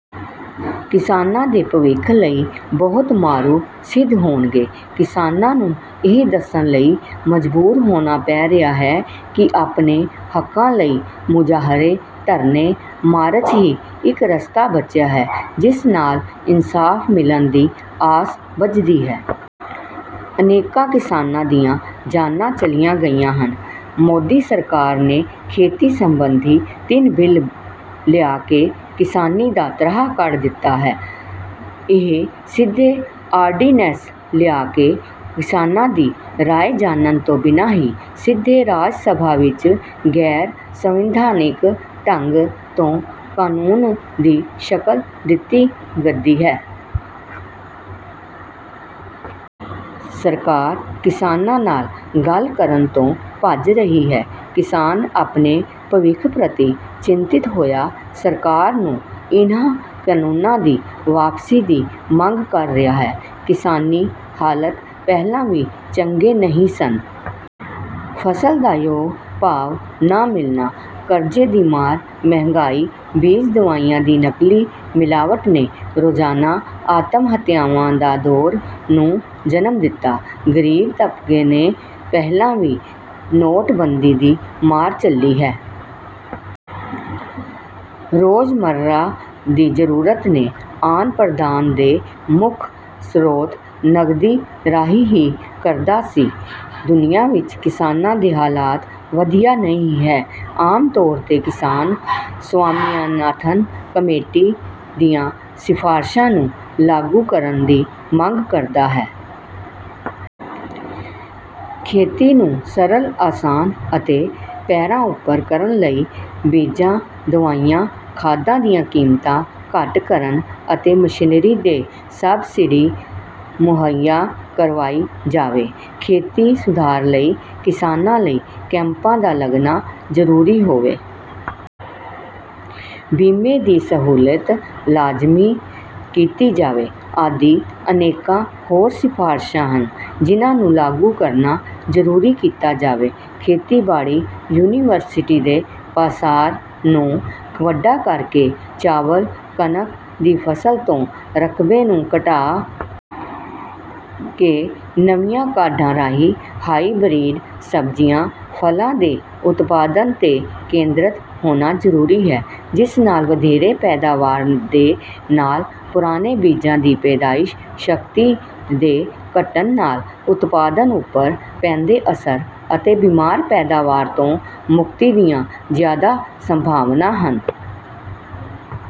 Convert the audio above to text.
ਕਿਸਾਨਾਂ ਦੇ ਭਵਿੱਖ ਲਈ ਬਹੁਤ ਮਾਰੂ ਸਿੱਧ ਹੋਣਗੇ। ਕਿਸਾਨਾਂ ਨੂੰ ਇਹ ਦੱਸਣ ਲਈ ਮਜਬੂਰ ਹੋਣਾ ਪੈ ਰਿਹਾ ਹੈ ਕਿ ਆਪਣੇ ਹੱਕਾਂ ਲਈ ਮੁਜ਼ਾਹਰੇ, ਧਰਨੇ, ਮਾਰਚ ਹੀ ਇੱਕ ਰਸਤਾ ਬਚਿਆ ਹੈ ਜਿਸ ਨਾਲ ਇੰਨਸਾਫ ਮਿਲਣ ਦੀ ਆਸ ਬੱਝਦੀ ਹੈ। ਅਨੇਕਾਂ ਕਿਸਾਨਾਂ ਦੀਆਂ ਜਾਨਾਂ ਚਲੀਆਂ ਗਈਆਂ ਹਨ। ਮੋਦੀ ਸਰਕਾਰ ਨੇ ਖੇਤੀ ਸੰਬੰਧੀ ਤਿੰਨ ਬਿੱਲ ਲਿਆ ਕੇ ਕਿਸਾਨੀ ਦਾ ਤ੍ਰਾਹ ਕੱਢ ਦਿੱਤਾ ਹੈ। ਇਹ ਸਿੱਧੇ ਆਰਡੀਨੈਸ ਲਿਆ ਕੇ ਕਿਸਾਨਾਂ ਦੀ ਰਾਏ ਜਾਨਣ ਤੋਂ ਬਿਨਾਂ ਹੀ ਸਿੱਧੇ ਰਾਜ ਸਭਾ ਵਿੱਚ ਗੈਰ-ਸੰਵਿਧਾਨਿਕ ਢੰਗ ਤੋਂ ਕਾਨੂੰਨ ਦੀ ਸ਼ਕਲ ਦਿੱਤੀ ਗੱਦੀ ਹੈ। ਸਰਕਾਰ ਕਿਸਾਨਾਂ ਨਾਲ ਗੱਲ ਕਰਨ ਤੋਂ ਭੱਜ ਰਹੀ ਹੈ। ਕਿਸਾਨ ਆਪਣੇ ਭਵਿੱਖ ਪ੍ਰਤੀ ਚਿੰਤਤ ਹੋਇਆ ਸਰਕਾਰ ਨੂੰ ਇਹਨਾਂ ਕਾਨੂੰਨਾਂ ਦੀ ਵਾਪਸੀ ਦੀ ਮੰਗ ਕਰ ਰਿਹਾ ਹੈ, ਕਿਸਾਨੀ ਹਾਲਤ ਪਹਿਲਾ ਵੀ ਚੰਗੇ ਨਹੀਂ ਸਨ। ਫਸਲ ਦਾ ਯੋਗ ਭਾਅ ਨਾਂ ਮਿਲਣਾ, ਕਰਜ਼ੇ ਦੀ ਮਾਰ, ਮਹਿਗਾਈ, ਬੀਜ ਦਵਾਈਆਂ ਦੀ ਨਕਲੀ ਮਿਲਾਵਟ ਨੇ ਰੋਜ਼ਾਨਾ ਆਤਮਹੱਤਿਆਵਾਂ ਦਾ ਦੌਰ ਨੂੰ ਜਨਮ ਦਿੱਤਾ। ਗਰੀਬ ਤਬਕੇ ਨੇ ਪਹਿਲਾ ਵੀ ਨੋਟ ਬੰਦੀ ਦੀ ਮਾਰ ਝੱਲੀ ਹੈ। ਰੋਜ਼-ਮਰ੍ਹਾ ਦੀ ਜ਼ਰੂਰਤ ਨੇ ਆਨ ਪ੍ਰਦਾਨ ਦੇ ਮੁੱਖ ਸਰੋਤ ਨਗਦੀ ਰਾਹੀਂ ਹੀ ਕਰਦਾ ਸੀ। ਦੁਨਿਆ ਵਿੱਚ ਕਿਸਾਨਾਂ ਦੇ ਹਾਲਾਤ ਵਧੀਆ ਨਹੀਂ ਹੈ। ਆਮ ਤੌਰ ਤੇ ਕਿਸਾਨ ਸੁਆਮੀਨਾਥਨ ਕਮੇਟੀ ਦੀਆਂ ਸ਼ਿਫਾਰਸ਼ਾਂ ਨੂੰ ਲਾਗੂ ਕਰਨ ਦੀ ਮੰਗ ਕਰਦਾ ਹੈ। ਖੇਤੀ ਨੂੰ ਸਰਲ, ਆਸਾਨ ਅਤੇ ਪੈਰਾਂ ਉਪਰ ਕਰਨ ਲਈ ਬੀਜਾਂ, ਦਵਾਈਆਂ, ਖਾਦਾਂ ਦੀਆਂ ਕੀਮਤਾਂ ਘੱਟ ਕਰਨ, ਅਤੇ ਮਸ਼ੀਨਰੀ ਤੇ ਸਬਸਿਡੀ ਮੁਹੱਈਆ ਕਰਵਾਈ ਜਾਵੇ। ਖੇਤੀ ਸੁਧਾਰ ਲਈ ਕਿਸਾਨਾਂ ਲਈ ਕੈਂਪਾਂ ਦਾ ਲੱਗਣਾ ਜ਼ਰੂਰੀ ਹੋਵੇ। ਬੀਮੇ ਦੀ ਸਹੁੱਲਤ ਲਾਜ਼ਮੀ ਕੀਤੀ ਜਾਵੇ ਆਦਿ ਅਨੇਕਾਂ ਹੋਰ ਸ਼ਿਫਾਰਸ਼ਾ ਹਨ ਜਿੰਨਾਂ ਨੂੰ ਲਾਗੂ ਕਰਨਾ ਜ਼ਰੂਰੀ ਕੀਤਾ ਜਾਵੇ। ਖੇਤੀਬਾੜੀ ਯੂਨੀਵਰਸੀਟੀ ਦੇ ਪਸਾਰ ਨੂੰ ਵੱਡਾ ਕਰਕੇ ਚਾਵਲ, ਕਣਕ ਦੀ ਫਸਲ ਤੋ ਰਕਬੇ ਨੂੰ ਘਟਾ ਕੇ ਨਵੀਆਂ ਕਾਢਾਂ ਰਾਹੀਂ ਹਾਈਬਰੀਡ ਸਬਜੀਆਂ, ਫਲਾਂ ਦੇ ਉਤਪਾਦਨ ਤੇ ਕੇਂਦਰਤ ਹੋਣਾ ਜਰੂਰੀ ਹੈ ਜਿਸ ਨਾਲ ਵਧੇਰੇ ਪੈਦਾਵਾਰ ਦੇ ਨਾਲ ਪੁਰਾਣੇ ਬੀਜਾਂ ਦੀ ਪੈਦਾਇਸ ਸ਼ਕਤੀ ਦੇ ਘੱਟਣ ਨਾਲ ਉਤਪਾਦਨ ਉਪਰ ਪੈਂਦੇ ਅਸਰ ਅਤੇ ਬਿਮਾਰ ਪੈਦਾਵਾਰ ਤੋ ਮੁਕਤੀ ਦੀਆਂ ਜਿਆਦਾ ਸੰਭਾਵਨਾਵਾਂ ਹਨ।